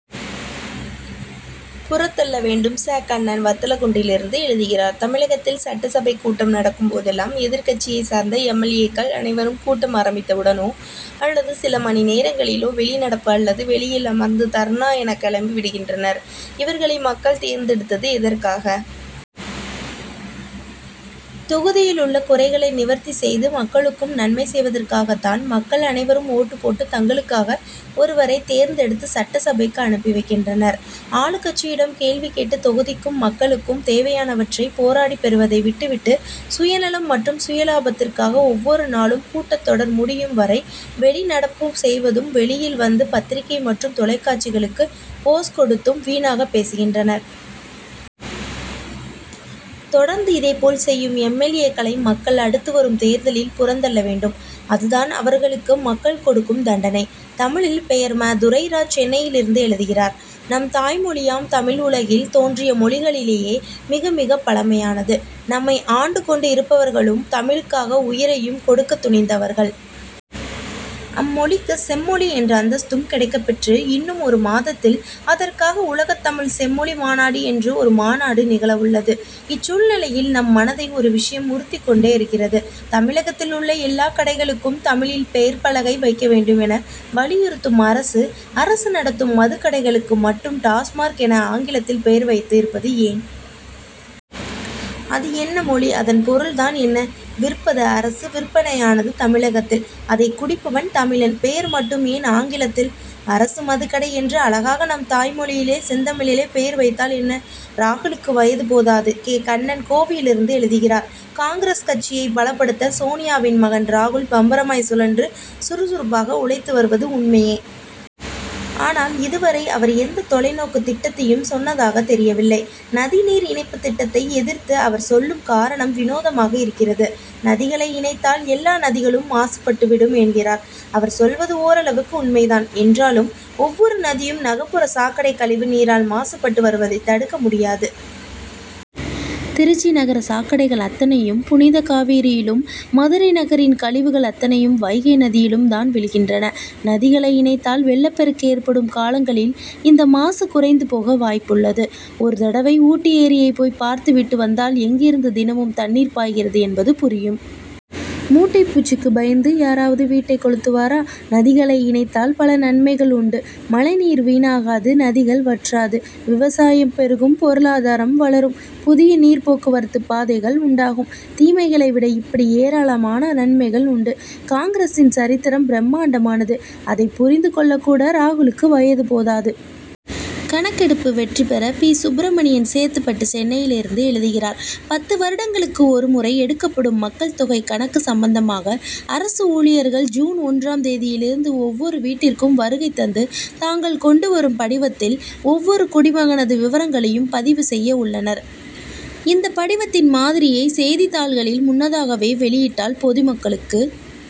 புறத்தள்ள வேண்டும்! ச. கண்ணன் வத்தலக்குண்டிலிருந்து எழுதுகிறார் தமிழகத்தில் சட்டசபை கூட்டம் நடக்கும் போதெல்லாம் எதிர்க்கட்சியைச் சார்ந்த எம். எல். ஏ.க்கள் அனைவரும் கூட்டம் ஆரம்பித்தவுடனோ அல்லது சில மணி நேரங்களிலோ வெளிநடப்பு அல்லது வெளியில் அமர்ந்து தர்ணா என களம்பி விடுகின்றனர். இவர்களை மக்கள் தேர்ந்தெடுத்தது எதற்காக? தொகுதியிலுள்ள குறைகளை நிவர்த்தி செய்து மக்களுக்கும் நன்மை செய்வதற்காகத் தான். மக்கள் அனைவரும் ஓட்டுப் போட்டு தங்களுக்காக ஒருவரை தேர்ந்தெடுத்து சட்டசபைக்கு அனுப்பி வைக்கின்றனர். ஆளுங்கட்சியிடம் கேள்வி கேட்டு தொகுதிக்கும் மக்களுக்கும் தேவையானவற்றை போராடி பெறுவதை விட்டு விட்டு சுயநலம் மற்றும் சுயலாபத்திற்காக ஒவ்வொரு நாளும் கூட்டத்தொடர் முடியும் வரை வெளி நடப்பு செய்தும் வெளியில் வந்து பத்திரிகை மற்றும் தொலைக்காட்சிகளுக்கு போஸ் கொடுத்தும் வீணாகப் பேசுகின்றனர். தொடர்ந்து இதேபோல் செய்யும் எம். எல். ஏ.,க்களை மக்கள், அடுத்து வரும் தேர்தலில் புறந்தள்ள வேண்டும். அதுதான் அவர்களுக்கு மக்கள் கொடுக்கும் தண்டனை. தமிழில் பெயர்:ம. துரைராஜ் சென்னையிலிருந்து எழுதுகிறார்: நம் தாய்மொழியாம் தமிழ் உலகில் தோன்றிய மொழிகளிலேயே மிகமிகப் பழமையானது. நம்மை ஆண்டு கொண்டு இருப்பவர்களும் தமிழ்க்காக உயிரையும் கொடுக்கத் துணிந்தவர்கள். அம்மொழிக்கு செம்மொழி என்ற அந்தஸ்தும் கிடைக்கப் பெற்று இன்னும் ஒரு மாதத்தில் அதற்காக உலகத் தமிழ் செம்மொழி மாநாடு என்று ஒரு மாநாடு நிகழவுள்ளது. இச்சூழ்நிலையில் நம் மனதை ஒரு விஷயம் உறுத்திக் கொண்டிருக்கிறது. தமிழகத்தில் உள்ள எல்லாக் கடைகளுக்கும் தமிழில் பெயர் பலகை வைக்க வேண்டும் என வலியுறுத்தும் அரசு அரசு நடத்தும் மதுக்கடைகளுக்கு மட்டும் டாஸ்மாக் என்று ஆங்கிலத்தில் பெயர் வைத்து இருப்பது ஏன்? அது என்ன மொழி, அதன் பொருள் தான் என்ன? விற்பது அரசு, விற்பனையானது தமிழகத்தில்; அதைக் குடிப்பவன் தமிழன். பெயர் மட்டும் ஏன் ஆங்கிலத்தில்? அரசு மதுக்கடை என்று அழகாக நம் தாய்மொழியில் செந்தமிழில் பெயர் வைத்தால் என்ன? ராகுலுக்கு வயது போதாது! கே. கண்ணன் கோவையிலிருந்து எழுதுகிறார் காங்கிரஸ் கட்சியைப் பலப்படுத்த சோனியாவின் மகன் ராகுல் பம்பரமாய் சுழன்று சுறுசுறுப்பாக உழைத்து வருவது உண்மையே! ஆனால் இதுவரை அவர் எந்த தொலைநோக்குத் திட்டத்தையும் சொன்னதாகத் தெரியவில்லை. நதிநீர் இணைப்புத் திட்டத்தை எதிர்த்து அவர் சொல்லும் காரணம் வினோதமாக இருக்கிறது. நதிகளை இணைத்தால் எல்லா நதிகளும் மாசுபட்டுவிடும் என்கிறார். அவர் சொல்வது ஓரளவுக்கு உண்மை தான் என்றாலும் ஒவ்வொரு நதியும், நகர்ப்புறச் சாக்கடை கழிவு நீரால் மாசுபட்டு வருவதைத் தடுக்க முடியாது. திருச்சி நகர சாக்கடைகள் அத்தனையும் புனித காவிரியிலும் மதுரை நகரின் கழிவுகள் அத்தனையும் வைகை நதியிலும் தான் விழுகின்றன. நதிகளை இணைத்தால் வெள்ளப்பெருக்கு ஏற்படும் காலங்களில் இந்த மாசு குறைந்து போக வாய்ப்பு உள்ளது. ஒரு தடவை ஊட்டி ஏரியை போய்ப் பார்த்து விட்டு வந்தால் எங்கிருந்து தினமும் தண்ணீர் பாய்கிறது என்பது புரியும். மூட்டைப் பூச்சிக்கு பயந்து யாராவது வீட்டைக் கொளுத்துவரா? நதிகளை இணைத்தால் பல நன்மைகள் உண்டு. மழைநீர் வீணாகாது நதிகள் வற்றாது. விவசாயம் பெருகும் பொருளாதாரம் வளரும் புதிய நீர்ப்போக்குவரத்து பாதைகள் உண்டாகும். தீமைகளை விட இப்படி ஏராளமான நன்மைகள் உண்டு. காங்கிரசின் சரித்திரம் பிரமாண்டமானது. அதைப் புரிந்து கொள்ள கூட ராகுலுக்கு வயது போதாது. கணக்கெடுப்பு வெற்றி பெற பி. சுப்ரமணியன் சேத்துப்பட்டு சென்னையிலிருந்து எழுதுகிறார் பத்து வருடங்களுக்கு ஒருமுறை எடுக்கப்படும் மக்கள் தொகை கணக்கு சம்பந்தமாக அரசு ஊழியர்கள் ஜூன் ஒன்றாம் தேதியிலிருந்து ஒவ்வொரு வீட்டிற்கும் வருகை தந்து தாங்கள் கொண்டு வரும் படிவத்தில் ஒவ்வொரு குடிமகனது விவரங்களையும் பதிவு செய்ய உள்ளனர். இந்த படிவத்தின் மாதிரியை செய்தித்தாள்களில் முன்னதாகவே வெளியிட்டால் பொதுமக்களுக்கு